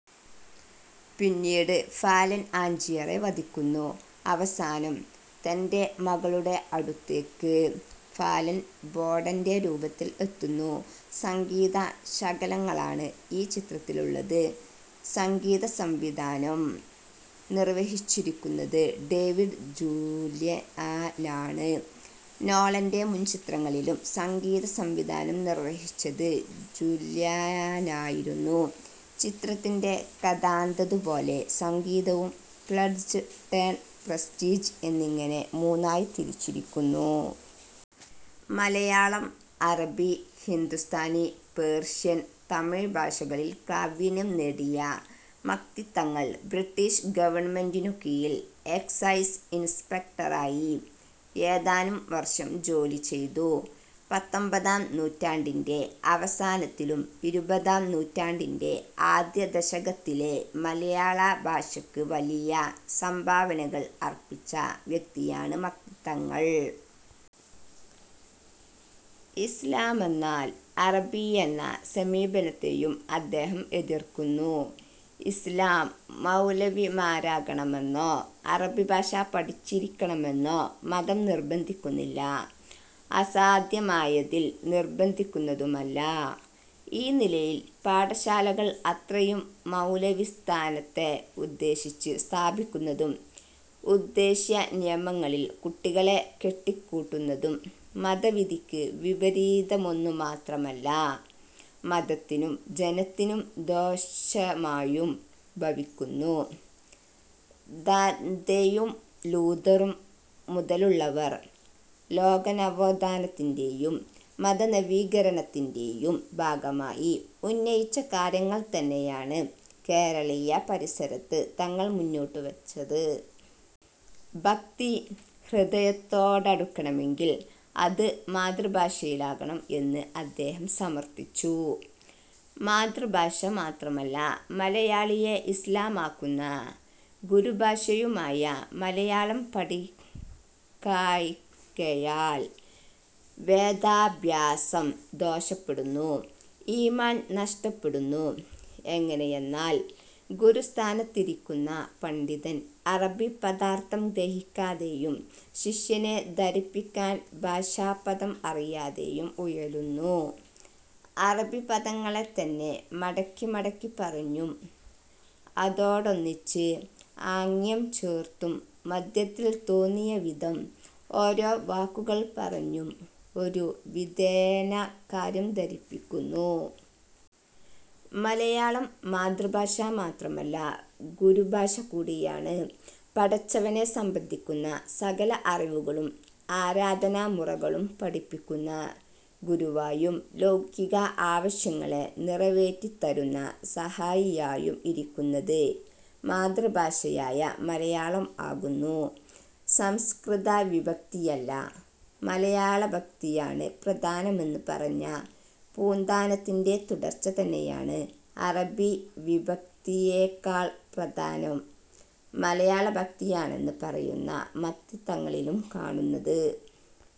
പിന്നീട് ഫാലൻ ആഞ്ജിയറെ വധിക്കുന്നു. അവസാനം തന്റെ മകളുടെ അടുത്തേക്ക് ഫാലൻ ബോഡന്റെ രൂപത്തിൽ എത്തുന്നു. സംഗീത ശകലങ്ങളാണ് ഈ ചിത്രത്തിലുള്ളത്. സംഗീതസംവിധാനം നിർവഹിച്ചിരിക്കുന്നത് ഡേവിഡ് ജൂല്യാനാണ്. നോളന്റെ മുൻചിത്രങ്ങളിലും സംഗീതസംവിധാനം നിർവഹിച്ചത് ജുല്യാനായിരുന്നു. ചിത്രത്തിന്റെ കഥാതന്തു പോലെ സംഗീതവും പ്ലെഡ്ജ്, ടേൺ, പ്രസ്റ്റീജ് എന്നിങ്ങനെ മൂന്നായി തിരിച്ചിരിക്കുന്നു. മലയാളം, അറബി, ഹിന്ദുസ്ഥാനി, പേർഷ്യൻ, തമിഴ് ഭാഷകളിൽ പ്രാവീണ്യം നേടിയ മക്തി തങ്ങൾ ബ്രിട്ടീഷ് ഗവണ്മെൻറിനു കീഴിൽ എക്സൈസ് ഇൻസ്പെക്ടറായി ഏതാനും വർഷം ജോലി ചെയ്തു. പത്തൊമ്പതാം നൂറ്റാണ്ടിൻറെ അവസാനത്തിലും ഇരുപതാം നൂറ്റാണ്ടിൻറെ ആദ്യ ദശകത്തിലെ മലയാള ഭാഷക്ക് വലിയ സംഭാവനകൾ അർപ്പിച്ച വ്യക്തിയാണ് മക്തി തങ്ങൾ. ഇസ്ലാമെന്നാൽ അറബി എന്ന സമീപനത്തെയും അദ്ദേഹം എതിർക്കുന്നു. ഇസ്ലാം ജനമൊക്കെയും മൗലവിമാരാകണമെന്നോ അറബിഭാഷ പഠിച്ചിരിക്കണമെന്നോ മതം നിർബന്ധിക്കുന്നില്ല. അസാധ്യമായതിൽ നിർബന്ധിക്കുന്നതുമല്ല. ഈ നിലയിൽ പാഠശാലകൾ അത്രയും മൗലവിസ്ഥാനത്തെ ഉദ്ദേശിച്ച് സ്ഥാപിക്കുന്നതും ഉദ്ദേശ്യനിയമങ്ങളിൽ കുട്ടികളെ കെട്ടിക്കൂട്ടുന്നതും മതവിധിക്ക് വിപരീതമെന്നുമാത്രമല്ല മതത്തിനും ജനത്തിനും ദോഷമായും ഭവിക്കുന്നു. ദാന്തെയും ലൂഥറും മുതലുള്ളവർ ലോകനവോത്ഥാനത്തിന്റെയും മതനവീകരണത്തിന്റെയും ഭാഗമായി ഉന്നയിച്ച കാര്യങ്ങൾതന്നെയാണ് കേരളീയപരിസരത്ത് തങ്ങൾ മുന്നോട്ടുവെച്ചത്. ഭക്തി, ഹൃദയത്തോടടുക്കണമെങ്കിൽ അത് മാതൃഭാഷയിലാകണം എന്ന് അദ്ദേഹം സമർഥിച്ചു. മാതൃഭാഷ മാത്രമല്ല, മലയാളിയെ ഇസ്ലാമാക്കുന്ന ഗുരുഭാഷയുമായ മലയാളം പഠിക്കായ്കയാൽ വേദാഭ്യാസം ദോഷപ്പെടുന്നു. ഈമാൻ നഷ്ടപ്പെടുന്നു. എങ്ങനെയെന്നാൽ ഗുരുസ്ഥാനത്തിരിക്കുന്ന പണ്ഡിതൻ അറബി പദാർഥം ഗ്രഹിക്കാതെയും ശിഷ്യനെ ധരിപ്പിക്കാൻ ഭാഷാപദം അറിയാതെയും ഉഴലുന്നു. അറബിപദങ്ങളെ തന്നെ മടക്കി മടക്കി പറഞ്ഞും അതോടൊന്നിച്ച് ആംഗ്യംചേർത്തും മധ്യത്തിൽ തോന്നിയവിധം ഓരോ വാക്കുകൾ പറഞ്ഞും ഒരു വിധേന കാര്യം ധരിപ്പിക്കുന്നു. മലയാളം മാതൃഭാഷ മാത്രമല്ല, ഗുരുഭാഷ കൂടിയാണ്. പടച്ചവനെ സംബന്ധിക്കുന്ന സകല അറിവുകളും ആരാധനാമുറകളും പഠിപ്പിക്കുന്ന ഗുരുവായും ലൗകിക ആവശ്യങ്ങളെ നിറവേറ്റിത്തരുന്ന സഹായിയായും ഇരിക്കുന്നത് മാതൃഭാഷയായ മലയാളം ആകുന്നു. സംസ്കൃതവിഭക്തിയല്ല, മലയാളഭക്തിയാണ് പ്രധാനമെന്ന് പറഞ്ഞ പൂന്താനത്തിന്റെ തുടർച്ച തന്നെയാണ് അറബി വിഭക്തിയേക്കാൾ പ്രധാനം മലയാളഭക്തിയാണെന്ന് പറയുന്ന മക്തി തങ്ങളിലും കാണുന്നത്.